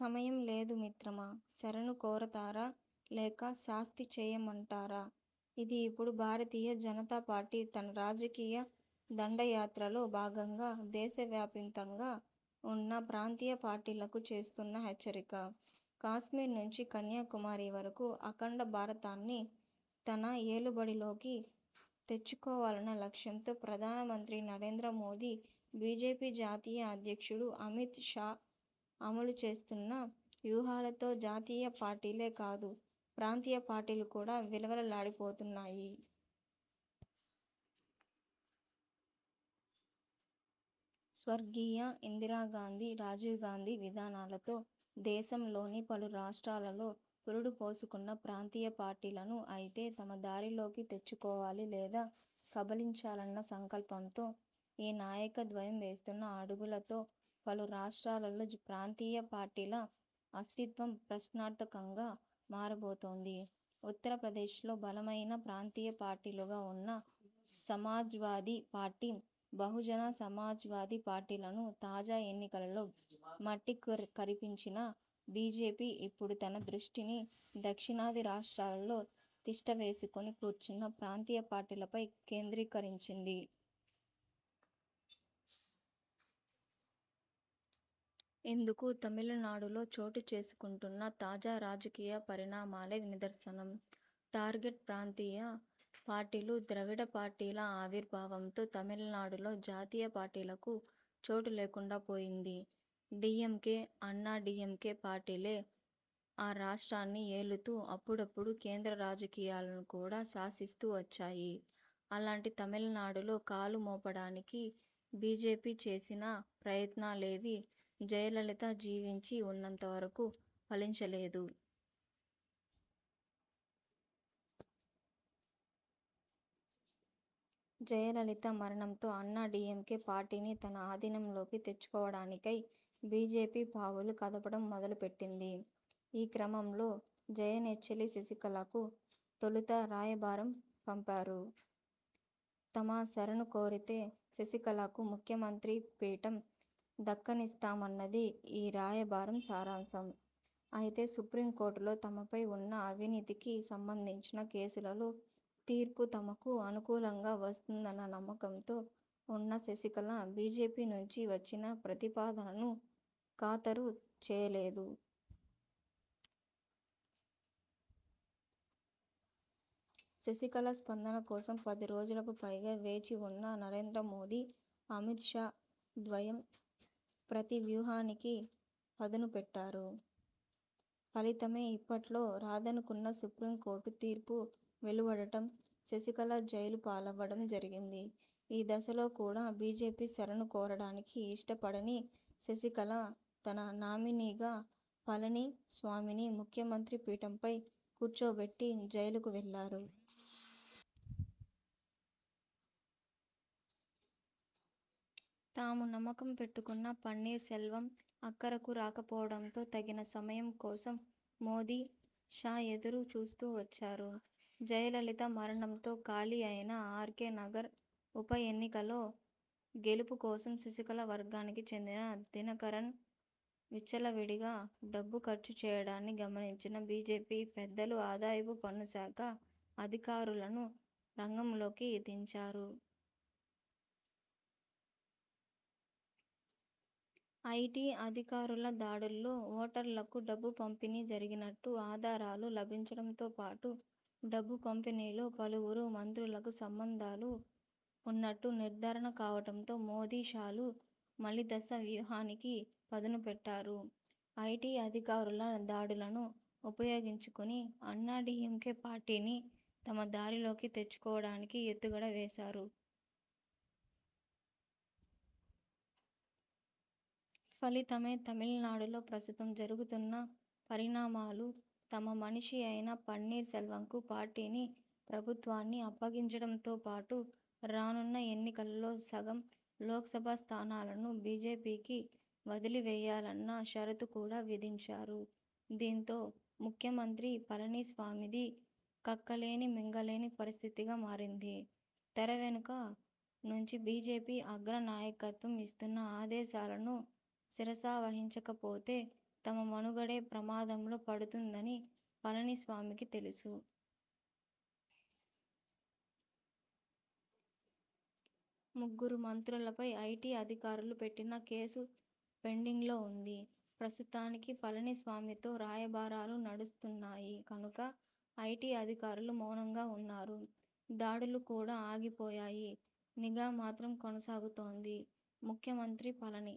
సమయం లేదు మిత్రమా! శరణు కోరతారా? లేక శాస్తి చేయమంటారా? ' ఇది ఇప్పుడు భారతీయ జనతా పార్టీ తన రాజకీయ దండయాత్రలో భాగంగా దేశవ్యాపితంగా ఉన్న ప్రాంతీయ పార్టీలకు చేస్తున్న హెచ్చరిక! కశ్మీర్ నుంచి కన్యాకుమారి వరకూ అఖండ భారతాన్ని తన ఏలుబడిలోకి తెచ్చుకోవాలన్న లక్ష్యంతో ప్రధాన మంత్రి నరేంద్ర మోదీ, బీజేపీ జాతీయ అధ్యక్షుడు అమిత్ షా అమలు చేస్తున్న వ్యూహాలతో జాతీయ పార్టీలే కాదు ప్రాంతీయ పార్టీలు కూడా విలవిలలాడిపోతున్నాయి. స్వర్గీయ ఇందిరా గాంధీ, రాజీవ్ గాంధీ విధానాలతో దేశంలోని పలు రాష్ర్టాలలో పురుడు పోసుకున్న ప్రాంతీయ పార్టీలను.. అయితే తమ దారిలోకి తెచ్చుకోవాలి లేదా కబళించాలన్న సంకల్పంతో ఈ నాయక ద్వయం వేస్తున్న అడుగులతో పలు రాష్ర్టాలలో ప్రాంతీయ పార్టీల అస్తిత్వం ప్రశ్నార్థకంగా మారబోతోంది. ఉత్తరప్రదేశ్లో బలమైన ప్రాంతీయ పార్టీలుగా ఉన్న సమాజ్వాదీ పార్టీ, బహుజన సమాజ్వాదీ పార్టీలను తాజా ఎన్నికలలో మట్టి కరిపించిన బీజేపీ, ఇప్పుడు తన దృష్టిని దక్షిణాది రాష్ర్టాలలో తిష్ట వేసుకుని కూర్చున్న ప్రాంతీయపార్టీలపై కేంద్రీకరించింది. ఇందుకు తమిళనాడులో చోటు చేసుకుంటున్న తాజా రాజకీయ పరిణామాలే నిదర్శనం. టార్గెట్ ప్రాంతీయ పార్టీలుద్రవిడ పార్టీల ఆవిర్భావంతో తమిళనాడులో జాతీయపార్టీలకు చోటు లేకుండాపోయింది. డీఎంకే అన్నాడీఎంకే పార్టీలే ఆ రాష్ర్టాన్ని ఏలుతూ అప్పుడప్పుడు కేంద్ర రాజకీయాలను కూడా శాసిస్తూ వచ్చాయి. అలాంటి తమిళనాడులో కాలు మోపడానికి బీజేపీ చేసిన ప్రయత్నాలేవీ జయలలిత జీవించి ఉన్నంత వరకు ఫలించ లేదు. జయలలిత మరణంతో అన్నాడీఎంకే పార్టీని తన అధీనంలోకి తెచ్చుకోవడానికై బీజేపీ పావులు కదపడం మొదలుపెట్టింది. ఈ క్రమంలో జయ నెచ్చెలి శశికళకు తొలుత రాయబారం పంపారు. తమ శరణు కోరితే శశికళకు ముఖ్యమంత్రి పీఠం దక్కనిస్తామన్నది ఈ రాయబారం సారాంశం. అయితే, సుప్రీం కోర్టులో తమపై ఉన్న అవినీతికి సంబంధించిన కేసులలో తీర్పు తమకు అనుకూలంగా వస్తుందన్న నమ్మకంతో ఉన్న శశికళ బీజేపీ నుంచి వచ్చిన ప్రతిపాదనను ఖాతరు చేయలేదు. శశికళ స్పందన కోసం పది రోజులకు పైగా వేచి ఉన్న నరేంద్ర మోదీ, అమిత్ షా ద్వయం ప్రతి వ్యూహానికి పదును పెట్టారు. ఫలితమే, ఇప్పట్లో రాదనుకున్న సుప్రీం కోర్టు తీర్పు వెలువడటం, శశికళ జైలు పాలవ్వడం జరిగింది. ఈ దశలో కూడా బీజేపీ శరణు కోరడానికి ఇష్టపడని శశికళ తన నామినీగా పళని స్వామిని ముఖ్యమంత్రి పీఠంపై కూర్చోబెట్టి జైలుకు వెళ్లారు. తాము నమ్మకం పెట్టుకున్న పన్నీర్ సెల్వం అక్కరకు రాకపోవడంతో తగిన సమయం కోసం మోదీ, షా ఎదురు చూస్తూ వచ్చారు. జయలలిత మరణంతో ఖాళీ అయిన ఆర్కే నగర్ ఉప ఎన్నికలో గెలుపు కోసం శశికళ వర్గానికి చెందిన దినకరన్ విచ్చలవిడిగా డబ్బు ఖర్చు చేయడాన్ని గమనించిన బీజేపీ పెద్దలు ఆదాయపు పన్ను శాఖ అధికారులను రంగంలోకి దించారు. ఐటీ అధికారుల దాడుల్లో ఓటర్లకు డబ్బు పంపిణీ జరిగినట్టు ఆధారాలు లభించడంతోపాటు డబ్బు పంపిణీలో పలువురు మంత్రులకు సంబంధాలు ఉన్నట్టు నిర్ధారణ కావడంతో మోదీ షాలు మలి దశ వ్యూహానికి పదును పెట్టారు. ఐటీ అధికారుల దాడులను ఉపయోగించుకుని అన్నాడీఎంకే పార్టీని తమ దారిలోకి తెచ్చుకోవడానికి ఎత్తుగడ వేశారు. ఫలితమే, తమిళనాడులో ప్రస్తుతం జరుగుతున్న పరిణామాలు. తమ మనిషి అయిన పన్నీర్ సెల్వంకు పార్టీని, ప్రభుత్వాన్ని అప్పగించడంతోపాటు రానున్న ఎన్నికలలో సగం లోక్సభ స్థానాలను బీజేపీకి వదిలి వేయాలన్న షరతు కూడా విధించారు. దీంతో, ముఖ్యమంత్రి పళనిస్వామిది కక్కలేని మింగలేని పరిస్థితిగా మారింది. తెర వెనుక నుంచి బీజేపీ అగ్ర నాయకత్వం ఇస్తున్న ఆదేశాలను శిరసావహించకపోతే తమ మనుగడే ప్రమాదంలో పడుతుందని పళని స్వామికి తెలుసు! ముగ్గురు మంత్రులపై ఐటీ అధికారులు పెట్టిన కేసు పెండింగ్లో ఉంది. ప్రస్తుతానికి పళనిస్వామితో రాయబారాలు నడుస్తున్నాయి కనుక, ఐటీ అధికారులు మౌనంగా ఉన్నారు. దాడులు కూడా ఆగిపోయాయి. నిఘా మాత్రం కొనసాగుతోంది. ముఖ్యమంత్రి పళని